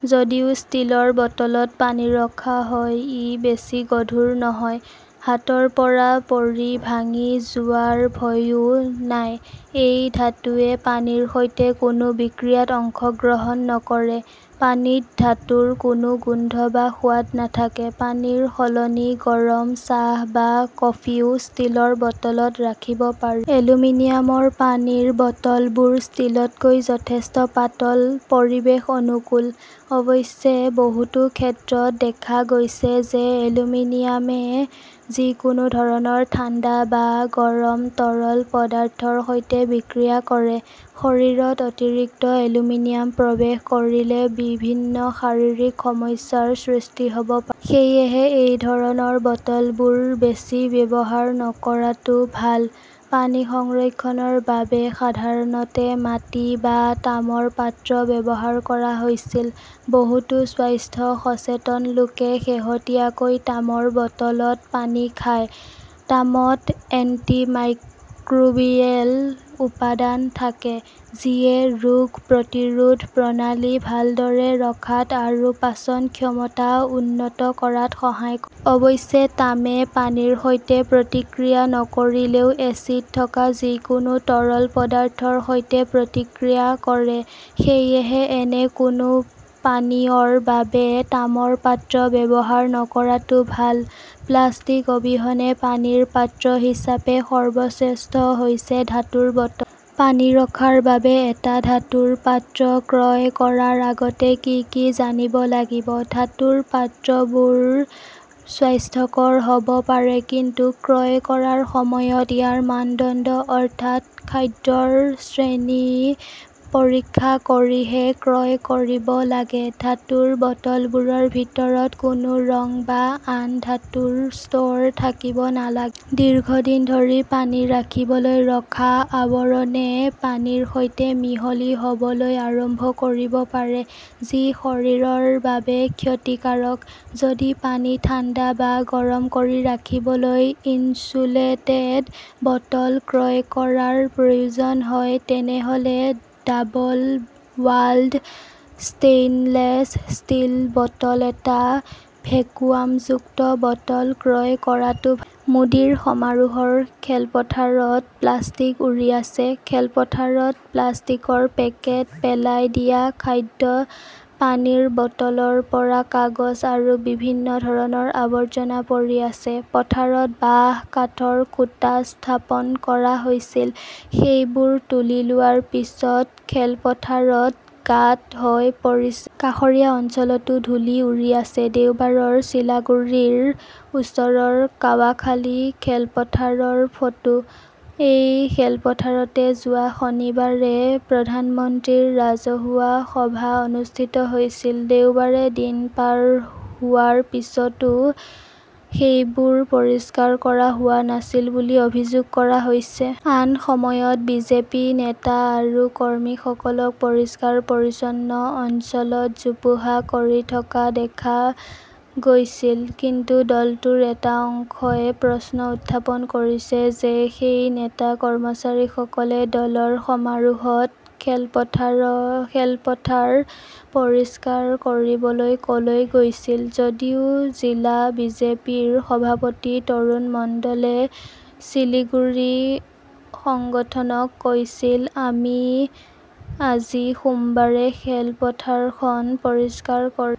যদিও ষ্টীলৰ বটলত পানী ৰখা হয়, ই বেছি গধুৰ নহয়। হাতৰ পৰা পৰি ভাঙি যোৱাৰ ভয়ও নাই। এই ধাতুৱে পানীৰ সৈতে কোনো বিক্ৰিয়াত অংশগ্ৰহণ নকৰে। পানীত ধাতুৰ কোনো গোন্ধ বা সোৱাদ নাথাকে। পানীৰ সলনি গৰম চাহ বা কফিও ষ্টীলৰ বটলত ৰাখিব পাৰি। এলুমিনিয়ামৰ পানীৰ বটলবোৰ ষ্টীলতকৈ যথেষ্ট পাতল, পৰিৱেশ অনুকূল। অৱশ্যে, বহুতো ক্ষেত্ৰত দেখা গৈছে যে এলুমিনিয়ামে যিকোনো ধৰণৰ ঠাণ্ডা বা গৰম তৰল পদাৰ্থৰ সৈতে বিক্ৰিয়া কৰে। শৰীৰত অতিৰিক্ত এলুমিনিয়াম প্ৰৱেশ কৰিলে বিভিন্ন শাৰীৰিক সমস্যাৰ সৃষ্টি হ'ব পাৰে। সেয়েহে এই ধৰণৰ বটলবোৰ বেছি ব্যৱহাৰ নকৰাটো ভাল। পানী সংৰক্ষণৰ বাবে সাধাৰণতে মাটি বা তামৰ পাত্ৰ ব্যৱহাৰ কৰা হৈছিল। বহুতো স্বাস্থ্য সচেতন লোকে শেহতীয়াকৈ তামৰ বটলত পানী খায়। তামত এন্টিমাইক্ৰোবিয়েল উপাদান থাকে। যিয়ে ৰোগ প্ৰতিৰোধ প্ৰণালী ভালদৰে ৰখাত আৰু পাচন ক্ষমতা উন্নত কৰাত সহায় কৰে। অৱশ্যে তামে পানীৰ সৈতে প্ৰতিক্ৰিয়া নকৰিলেও এচিড থকা যিকোনো তৰল পদাৰ্থৰ সৈতে প্ৰতিক্ৰিয়া কৰে। সেয়েহে, এনে কোনো পানীয়ৰ বাবে তামৰ পাত্ৰ ব্যৱহাৰ নকৰাটো ভাল। প্লাষ্টিক অবিহনে পানীৰ পাত্ৰ হিচাপে সৰ্বশ্ৰেষ্ঠ হৈছে ধাতুৰ বটল। পানী ৰখাৰ বাবে এটা ধাতুৰ পাত্ৰ ক্ৰয় কৰাৰ আগতে কি কি জানিব লাগিব? ধাতুৰ পাত্ৰবোৰ স্বাস্থ্যকৰ হ'ব পাৰে, কিন্তু ক্ৰয় কৰাৰ সময়ত ইয়াৰ মানদণ্ড, অৰ্থাৎ খাদ্যৰ শ্ৰেণী পৰীক্ষা কৰিহে ক্ৰয় কৰিব লাগে। ধাতুৰ বটলবোৰৰ ভিতৰত কোনো ৰং বা আন ধাতুৰ স্তৰ থাকিব নালাগে। দীৰ্ঘদিন ধৰি পানী ৰাখিবলৈ ৰখা আৱৰণে পানীৰ সৈতে মিহলি হ'বলৈ আৰম্ভ কৰিব পাৰে। যি শৰীৰৰ বাবে ক্ষতিকাৰক। যদি পানী ঠাণ্ডা বা গৰম কৰি ৰাখিবলৈ 'ইনচুলেটেড' বটল ক্ৰয় কৰাৰ প্ৰয়োজন হয়, তেনেহ'লে double walled stainless steel bottle এটা ভেকুৱামযুক্ত বটল ক্ৰয় কৰাটো ভাল। মোদীৰ সমাৰোহৰ খেলপথাৰত প্লাষ্টিক উৰি আছে, খেলপথাৰত প্লাষ্টিকৰ পেকেট, পেলাই দিয়া খাদ্য, পানীৰ বটলৰ পৰা কাগজ আৰু বিভিন্ন ধৰণৰ আৱৰ্জনা পৰি আছে। পথাৰত বাঁহ, কাঠৰ খুঁটা স্থাপন কৰা হৈছিল। সেইবোৰ তুলি লোৱাৰ পিছত খেলপথাৰত গাঁত হৈ পৰিছে। কাষৰীয়া অঞ্চলতো ধূলি উৰি আছে। দেওবাৰৰ চিলাগুৰিৰ ওচৰৰ কাৱাখালি খেলপথাৰৰ ফটো। এই খেলপথাৰতে যোৱা শনিবাৰে প্ৰধানমন্ত্ৰীৰ ৰাজহুৱা সভা অনুষ্ঠিত হৈছিল। দেওবাৰে দিন পাৰ হোৱাৰ পিছতো সেইবোৰ পৰিষ্কাৰ কৰা হোৱা নাছিল বুলি অভিযোগ কৰা হৈছে। আন সময়ত বিজেপি নেতা আৰু কৰ্মীসকলক পৰিষ্কাৰ-পৰিচ্ছন্ন অঞ্চলত জোপোহা কৰি থকা দেখা গৈছিল। কিন্তু দলটোৰ এটা অংশই প্ৰশ্ন উত্থাপন কৰিছে যে সেই নেতা, কৰ্মচাৰীসকলে দলৰ সমাৰোহত খেলপথাৰ পৰিষ্কাৰ কৰিবলৈ ক'লৈ গৈছিল। যদিও জিলা বিজেপিৰ সভাপতি অৰুণ মণ্ডলে শিলিগুড়ি সংগঠনক কৈছিল, "আমি আজি সোমবাৰে খেলপথাৰখন পৰিষ্কাৰ কৰিম।"